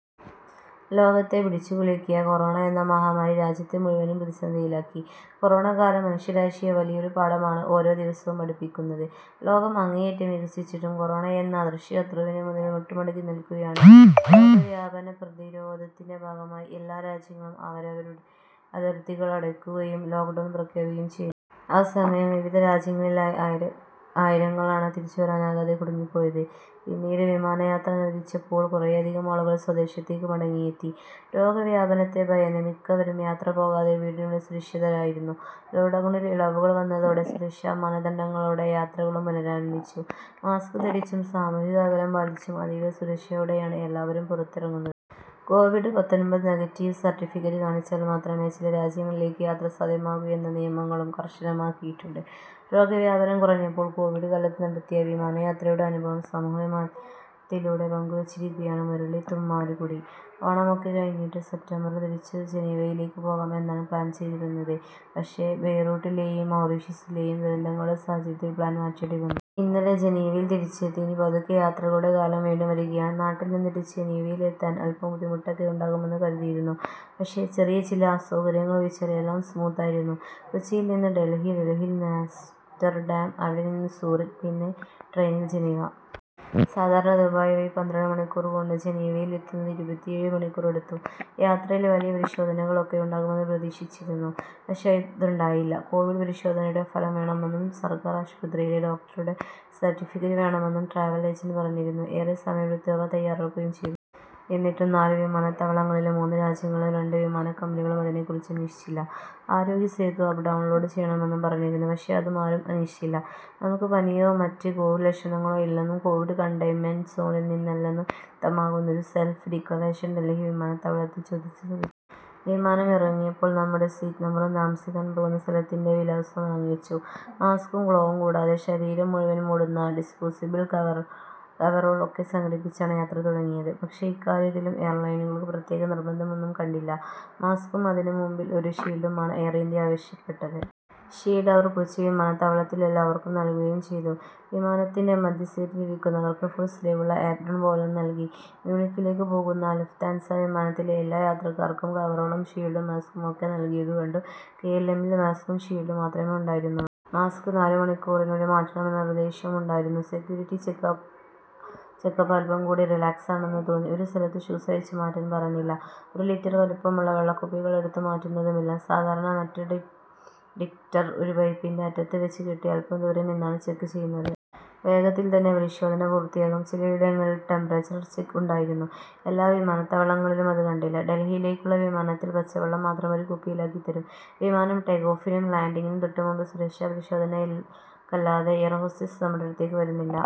ലോകത്തെ പിടിച്ചുകുലുക്കിയ കൊറോണ എന്ന മഹാമാരി രാജ്യത്തെ മുഴുവനും പ്രതിസന്ധിയിലാക്കി. കൊറോണക്കാലം മനുഷ്യരാശിയെ വലിയൊരു പാഠമാണ് ഓരോ ദിവസവും പഠിപ്പിക്കുന്നത്. ലോകം അങ്ങേയറ്റം വികസിച്ചിട്ടും കൊറോണയെന്ന അദൃശ്യ ശത്രുവിന് മുന്നിൽ മുട്ടുമടക്കി നിൽക്കുകയാണ്. രോഗവ്യാപന പ്രതിരോധത്തിന്റെ ഭാഗമായി എല്ലാ രാജ്യങ്ങളും അവരവരുടെ അതിർത്തികൾ അടയ്ക്കുകയും ലോക്ഡൗൺ പ്രഖ്യാപിക്കുകയും ചെയ്തു. ആ സമയം വിവിധ രാജ്യങ്ങളിലായി ആയിരങ്ങളാണ് തിരിച്ചുവരാനാകാതെ കുടുങ്ങിപ്പോയത്. പിന്നീട് വിമാനയാത്ര അനുവദിച്ചപ്പോൾ കുറെയധികം ആളുകൾ സ്വദേശത്തേക്ക് മടങ്ങിയെത്തി. രോഗവ്യാപനത്തെ ഭയന്ന് മിക്കവരും യാത്ര പോകാതെ വീടിനുള്ളിൽ സുരക്ഷിതരായിരുന്നു. ലോക്ഡൗണിൽ ഇളവുകൾ വന്നതോടെ സുരക്ഷാ മാനദണ്ഡങ്ങളോടെ യാത്രകളും പുനരാരംഭിച്ചു. മാസ്ക് ധരിച്ചും സാമൂഹിക അകലം പാലിച്ചും അതീവ സുരക്ഷയോടെയാണ് എല്ലാവരും പുറത്തിറങ്ങുന്നത്. കോവിഡ് പത്തൊൻപത് നെഗറ്റീവ് സർട്ടിഫിക്കറ്റ് കാണിച്ചാൽ മാത്രമേ ചില രാജ്യങ്ങളിലേക്ക് യാത്ര സാധ്യമാകൂ എന്ന നിയമങ്ങളും കർശനമാക്കിയിട്ടുണ്ട്. രോഗവ്യാപനം കുറഞ്ഞപ്പോൾ കോവിഡ് കാലത്ത് നടത്തിയ വിമാനയാത്രയുടെ അനുഭവം സമൂഹമാധ്യമത്തിലൂടെ പങ്കുവച്ചിരിക്കുകയാണ് മുരളി തുമ്മാരുകുടി. ഓണമൊക്കെ കഴിഞ്ഞിട്ട് സെപ്റ്റംബറിൽ തിരിച്ചുജനീവയിലേക്ക് പോകാം എന്നാണ് പ്ലാൻ ചെയ്തിരുന്നത്. പക്ഷേ ബെയ്റൂട്ടിലെയും മൗറീഷ്യസിലെയും ദുരന്തങ്ങളുടെ സാഹചര്യത്തിൽ പ്ലാൻ മാറ്റേണ്ടിവന്നു. ഇന്നലെ ജനീവയിൽ തിരിച്ചെത്തി. ഇനി പതുക്കെ യാത്രകളുടെ കാലം വീണ്ടും വരികയാണ്. നാട്ടിൽനിന്ന് തിരിച്ച് ജനീവയിൽ എത്താൻ അല്പം ബുദ്ധിമുട്ടൊക്കെ ഉണ്ടാകുമെന്ന് കരുതിയിരുന്നു. പക്ഷേ ചെറിയ ചില അസൗകര്യങ്ങൾ ഒഴിച്ചാൽ എല്ലാം സ്മൂത്ത് ആയിരുന്നു. കൊച്ചിയിൽനിന്ന് ഡൽഹി, ഡൽഹിയിൽനിന്ന് ആംസ്റ്റർഡാം, അവിടെനിന്ന് സൂറിക്, പിന്നെ ട്രെയിനിൽ ജനീവ. സാധാരണ ദുബായ് വഴി പന്ത്രണ്ട് മണിക്കൂർകൊണ്ട് ജനീവയിൽ എത്തുന്നത് ഇരുപത്തിയേഴ് മണിക്കൂർ എടുത്തു. യാത്രയിൽ വലിയ പരിശോധനകൾ ഒക്കെ ഉണ്ടാകുമെന്ന് പ്രതീക്ഷിച്ചിരുന്നു. പക്ഷേ അതുണ്ടായില്ല. കോവിഡ് പരിശോധനയുടെ ഫലം വേണമെന്നും സർക്കാർ ആശുപത്രിയിലെ ഡോക്ടറുടെ സർട്ടിഫിക്കറ്റ് വേണമെന്നും ട്രാവൽ ഏജന്റ് പറഞ്ഞിരുന്നു. ഏറെ സമയം എടുത്ത് അവ തയാറാക്കുകയും ചെയ്തു. എന്നിട്ടും നാല് വിമാനത്താവളങ്ങളിലും മൂന്ന് രാജ്യങ്ങളിലും രണ്ട് വിമാനക്കമ്പനികളും അതിനെക്കുറിച്ച് അന്വേഷിച്ചില്ല. ആരോഗ്യ സേതു ആപ്പ് ഡൗൺലോഡ് ചെയ്യണമെന്നും പറഞ്ഞിരുന്നു. പക്ഷേ അതും ആരും അന്വേഷിച്ചില്ല. നമുക്ക് പനിയോ മറ്റ് കോവിഡ് ലക്ഷണങ്ങളോ ഇല്ലെന്നും കോവിഡ് കണ്ടെയ്ൻമെന്റ് സോണിൽനിന്നല്ലെന്നും വ്യക്തമാക്കുന്ന ഒരു സെൽഫ് ഡിക്ലറേഷൻ ഡൽഹി വിമാനത്താവളത്തിൽ ചോദിച്ചു. സൂറിച്ചിൽ വിമാനം ഇറങ്ങിയപ്പോൾ നമ്മുടെ സീറ്റ് നമ്പറും താമസിക്കാൻ പോകുന്ന സ്ഥലത്തിന്റെ വിലാസവും വാങ്ങിവച്ചു. മാസ്കും ഗ്ലോവും കൂടാതെ ശരീരം മുഴുവൻ മൂടുന്ന ഡിസ്പോസബിൾ കവറോൾ ഒക്കെ സംഘടിപ്പിച്ചാണ് യാത്ര തുടങ്ങിയത്. പക്ഷേ ഇക്കാര്യത്തിലും എയർലൈനുകൾക്ക് പ്രത്യേക നിർബന്ധം ഒന്നും കണ്ടില്ല. മാസ്കും അതിന് മുൻപിൽ ഒരു ഷീൽഡുമാണ് എയർ ഇന്ത്യ ആവശ്യപ്പെട്ടത്. ഷീൽഡ് അവർ കൊച്ചി വിമാനത്താവളത്തിൽ എല്ലാവർക്കും നൽകുകയും ചെയ്തു. വിമാനത്തിന്റെ മധ്യ സീറ്റിൽ ഇരിക്കുന്നവർക്ക് ഫുൾ സ്ലീവുള്ള ഏപ്രൺ പോലൊന്ന് നൽകി. മ്യൂണിക്കിലേക്ക് പോകുന്ന ലുഫ്താൻസ വിമാനത്തിലെ എല്ലാ യാത്രക്കാർക്കും കവറോളും ഷീൽഡും മാസ്കും ഒക്കെ നൽകിയത് കണ്ടു. കെ എൽ എമ്മിൽ മാസ്കും ഷീൽഡും മാത്രമേ ഉണ്ടായിരുന്നുള്ളൂ. മാസ്ക് നാല് മണിക്കൂറിനുള്ളിൽ മാറ്റണമെന്ന നിർദ്ദേശവും ഉണ്ടായിരുന്നു. സെക്യൂരിറ്റി ചെക്ക് അപ്പ് അല്പം കൂടി റിലാക്സ്ഡ് ആണെന്ന് തോന്നി. ഒരു സ്ഥലത്തും ഷൂസ് അഴിച്ചുമാറ്റാൻ പറഞ്ഞില്ല. ഒരു ലിറ്റർ വലുപ്പമുള്ള വെള്ളക്കുപ്പികൾ എടുത്തുമാറ്റുന്നതുമില്ല. സാധാരണ മെറ്റൽ ഡിറ്റക്ടർ ഒരു പൈപ്പിന്റെ അറ്റത്ത് വച്ച് കെട്ടി അല്പം ദൂരെ നിന്നാണ് ചെക്ക് ചെയ്യുന്നത്. വേഗത്തിൽ തന്നെ പരിശോധന പൂർത്തിയാകും. ചിലയിടങ്ങളിൽ ടെമ്പറേച്ചർ ചെക്ക് ഉണ്ടായിരുന്നു. എല്ലാ വിമാനത്താവളങ്ങളിലും അത് കണ്ടില്ല. ഡൽഹിയിലേക്കുള്ള വിമാനത്തിൽ പച്ചവെള്ളം മാത്രം ഒരു കുപ്പിയിലാക്കി തരും. വിമാനം ടേക്ക് ഓഫിനും ലാൻഡിങ്ങിനും തൊട്ടുമുമ്പ് സുരക്ഷാ പരിശോധനയ്ക്കല്ലാതെ എയർ ഹോസ്റ്റസ് നമ്മുടെ അടുത്തേക്ക് വരുന്നില്ല.